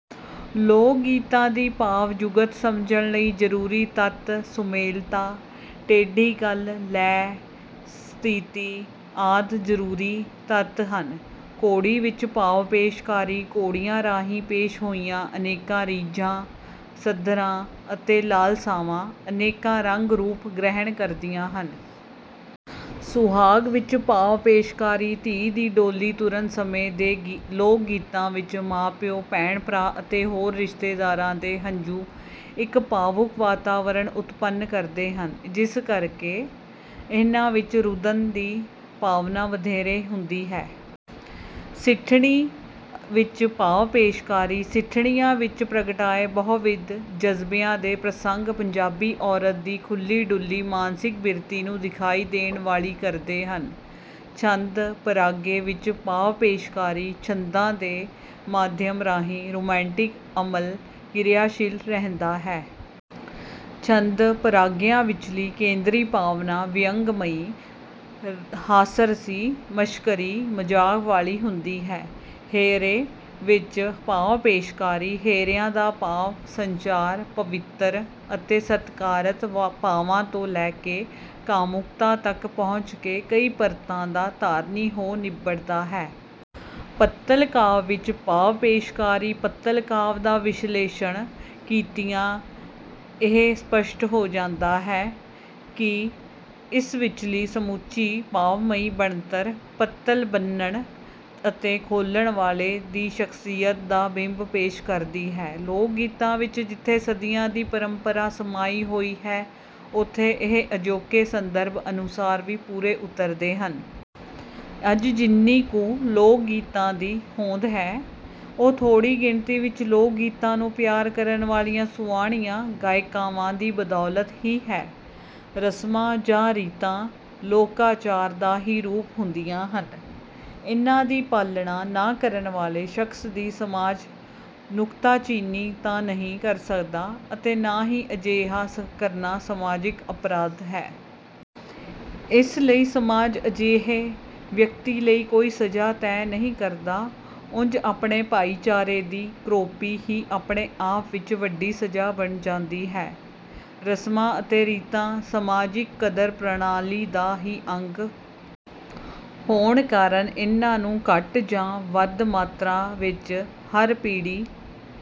ਲੋਕਗੀਤਾਂ ਦੀ ਭਾਵ-ਜੁਗਤ ਸਮਝਣ ਲਈ ਜ਼ਰੂਰੀ ਤੱਤ: ਸੁਮੇਲਤਾ, ਟੇਢੀ ਗੱਲ, ਲੈਅ, ਸਥਿਤੀ ਆਦਿ ਜ਼ਰੂਰੀ ਤੱਤ ਹਨ। ਘੋੜੀ ਵਿੱਚ ਭਾਵ-ਪੇਸ਼ਕਾਰੀ: ਘੋੜੀਆਂ ਰਾਹੀਂ ਪੇਸ਼ ਹੋਈਆਂ ਅਨੇਕਾਂ ਰੀਝਾਂ, ਸੱਧਰਾਂ ਅਤੇ ਲਾਲਸਾਵਾਂ ਅਨੇਕਾਂ ਰੰਗ-ਰੂਪ ਗ੍ਰਹਿਣ ਕਰਦੀਆਂ ਹਨ। ਸੁਹਾਗ ਵਿੱਚ ਭਾਵ-ਪੇਸ਼ਕਾਰੀ: ਧੀ ਦੀ ਡੋਲੀ ਤੁਰਨ ਸਮੇਂ ਦੇ ਲੋਕਗੀਤਾਂ ਵਿੱਚ ਮਾਂ-ਪਿਓ, ਭੈਣ-ਭਰਾ ਅਤੇ ਹੋਰ ਰਿਸ਼ਤੇਦਾਰਾਂ ਦੇ ਹੰਝੂ ਇੱਕ ਭਾਵੁਕ ਵਾਤਾਵਰਣ ਉਤਪੰਨ ਕਰਦੇ ਹਨ, ਜਿਸ ਕਰਕੇ ਇਹਨਾਂ ਵਿੱਚ ਰੁਦਨ ਦੀ ਭਾਵਨਾ ਵਧੇਰੇ ਹੁੰਦੀ ਹੈ। ਸਿੱਠਣੀ ਵਿੱਚ ਭਾਵ-ਪੇਸ਼ਕਾਰੀ: ਸਿੱਠਣੀਆਂ ਵਿੱਚ ਪ੍ਰਗਟਾਏ ਬਹੁਵਿਧ ਜਜ਼ਬਿਆਂ ਦੇ ਪ੍ਰਸੰਗ ਪੰਜਾਬੀ ਔਰਤ ਦੀ ਖੁੱਲ੍ਹੀ-ਡੁੱਲ੍ਹੀ ਮਾਨਸਿਕ ਬਿਰਤੀ ਨੂੰ ਦਿਖਾਈ ਦੇਣ ਵਾਲੀ ਕਰਦੇ ਹਨ। ਛੰਦ ਪਰਾਗੇ ਵਿੱਚ ਭਾਵ-ਪੇਸ਼ਕਾਰੀ: ਛੰਦਾਂ ਦੇ ਮਾਧਿਅਮ ਰਾਹੀਂ ਰੁਮਾਂਟਿਕ ਅਮਲ ਕਿਰਿਆਸ਼ੀਲ ਰਹਿੰਦਾ ਹੈ। ਛੰਦ ਪਰਾਗਿਆਂ ਵਿਚਲੀ ਕੇਂਦਰੀ ਭਾਵਨਾ ਵਿਅੰਗਮਈ, ਹਾਸਰਸੀ, ਮਸ਼ਕਰੀ, ਮਜ਼ਾਕ ਵਾਲੀ ਹੁੰਦੀ ਹੈ। ਹੇਅਰੇ ਵਿੱਚ ਭਾਵ-ਪੇਸ਼ਕਾਰੀ: ਹੇਅਰਿਆਂ ਦਾ ਭਾਵ-ਸੰਚਾਰ ਪਵਿੱਤਰ ਅਤੇ ਸਤਿਕਾਰਤ ਭਾਵਾਂ ਤੋਂ ਲੈ ਕੇ ਕਾਮੁਕਤਾ ਤੱਕ ਪਹੁੰਚ ਕੇ ਕਈ ਪਰਤਾਂ ਦਾ ਧਾਰਨੀ ਹੋ ਨਿਬੜਦਾ ਹੈ। ਪੱਤਲ ਕਾਵਿ ਵਿੱਚ ਭਾਵ-ਪੇਸ਼ਕਾਰੀ: ਪੱਤਲ ਕਾਵਿ ਦਾ ਵਿਸ਼ਲੇਸ਼ਣ ਕੀਤਿਆਂ ਇਹ ਸਪੱਸ਼ਟ ਹੋ ਜਾਂਦਾ ਹੈ ਕਿ ਇਸ ਵਿਚਲੀ ਸਮੁੱਚੀ ਭਾਵਮਈ ਬਣਤਰ ਪੱਤਲ ਬੰਨ੍ਹਣ ਅਤੇ ਖੋਲ੍ਹਣ ਵਾਲੇ ਦੀ ਸ਼ਖਸੀਅਤ ਦਾ ਬਿੰਬ ਪੇਸ਼ ਕਰਦੀ ਹੈ। ਲੋਕਗੀਤਾਂ ਵਿੱਚ ਜਿੱਥੇ ਸਦੀਆਂ ਦੀ ਪਰੰਪਰਾ ਸਮਾਈ ਹੋਈ ਹੈ, ਉੱਥੇ ਇਹ ਅਜੋਕੇ ਸੰਦਰਭ ਅਨੁਸਾਰ ਵੀ ਪੂਰੇ ਉਤਰਦੇ ਹਨ। ਅੱਜ ਜਿੰਨੀ ਕੁ ਲੋਕਗੀਤਾਂ ਦੀ ਹੋਂਦ ਹੈ, ਉਹ ਥੋੜ੍ਹੀ ਗਿਣਤੀ ਵਿੱਚ ਲੋਕਗੀਤਾਂ ਨੂੰ ਪਿਆਰ ਕਰਨ ਵਾਲੀਆਂ ਸੁਆਣੀਆਂ, ਗਾਇਕਾਵਾਂ ਦੀ ਬਦੌਲਤ ਹੀ ਹੈ। 'ਰਸਮਾਂ ਜਾਂ ਰੀਤਾਂ' ਲੋਕਾਚਾਰ ਦਾ ਹੀ ਰੂਪ ਹੁੰਦੀਆਂ ਹਨ। ਇਨ੍ਹਾਂ ਦੀ ਪਾਲਣਾ ਨਾ ਕਰਨ ਵਾਲੇ ਸ਼ਖਸ ਦੀ ਸਮਾਜ ਨੁਕਤਾਚੀਨੀ ਤਾਂ ਨਹੀਂ ਕਰ ਸਕਦਾ ਅਤੇ ਨਾ ਹੀ ਅਜਿਹਾ ਕਰਨਾ 'ਸਮਾਜਿਕ ਅਪਰਾਧ' ਹੈ। ਇਸ ਲਈ ਸਮਾਜ ਅਜਿਹੇ ਵਿਅਕਤੀ ਲਈ ਕੋਈ ਸਜ਼ਾ ਤੈਅ ਨਹੀਂ ਕਰਦਾ। ਉਂਜ ਆਪਣੇ ਭਾਈਚਾਰੇ ਦੀ ਕਰੋਪੀ ਹੀ ਆਪਣੇ ਆਪ ਵਿੱਚ ਵੱਡੀ ਸਜ਼ਾ ਬਣ ਜਾਂਦੀ ਹੈ। ਰਸਮਾਂ ਅਤੇ ਰੀਤਾਂ ਸਮਾਜਿਕ ਕਦਰ-ਪ੍ਰਣਾਲੀ ਦਾ ਹੀ ਅੰਗ ਹੋਣ ਕਾਰਨ ਇਨ੍ਹਾਂ ਨੂੰ ਘੱਟ ਜਾਂ ਵੱਧ ਮਾਤਰਾ ਵਿੱਚ ਹਰ ਪੀੜ੍ਹੀ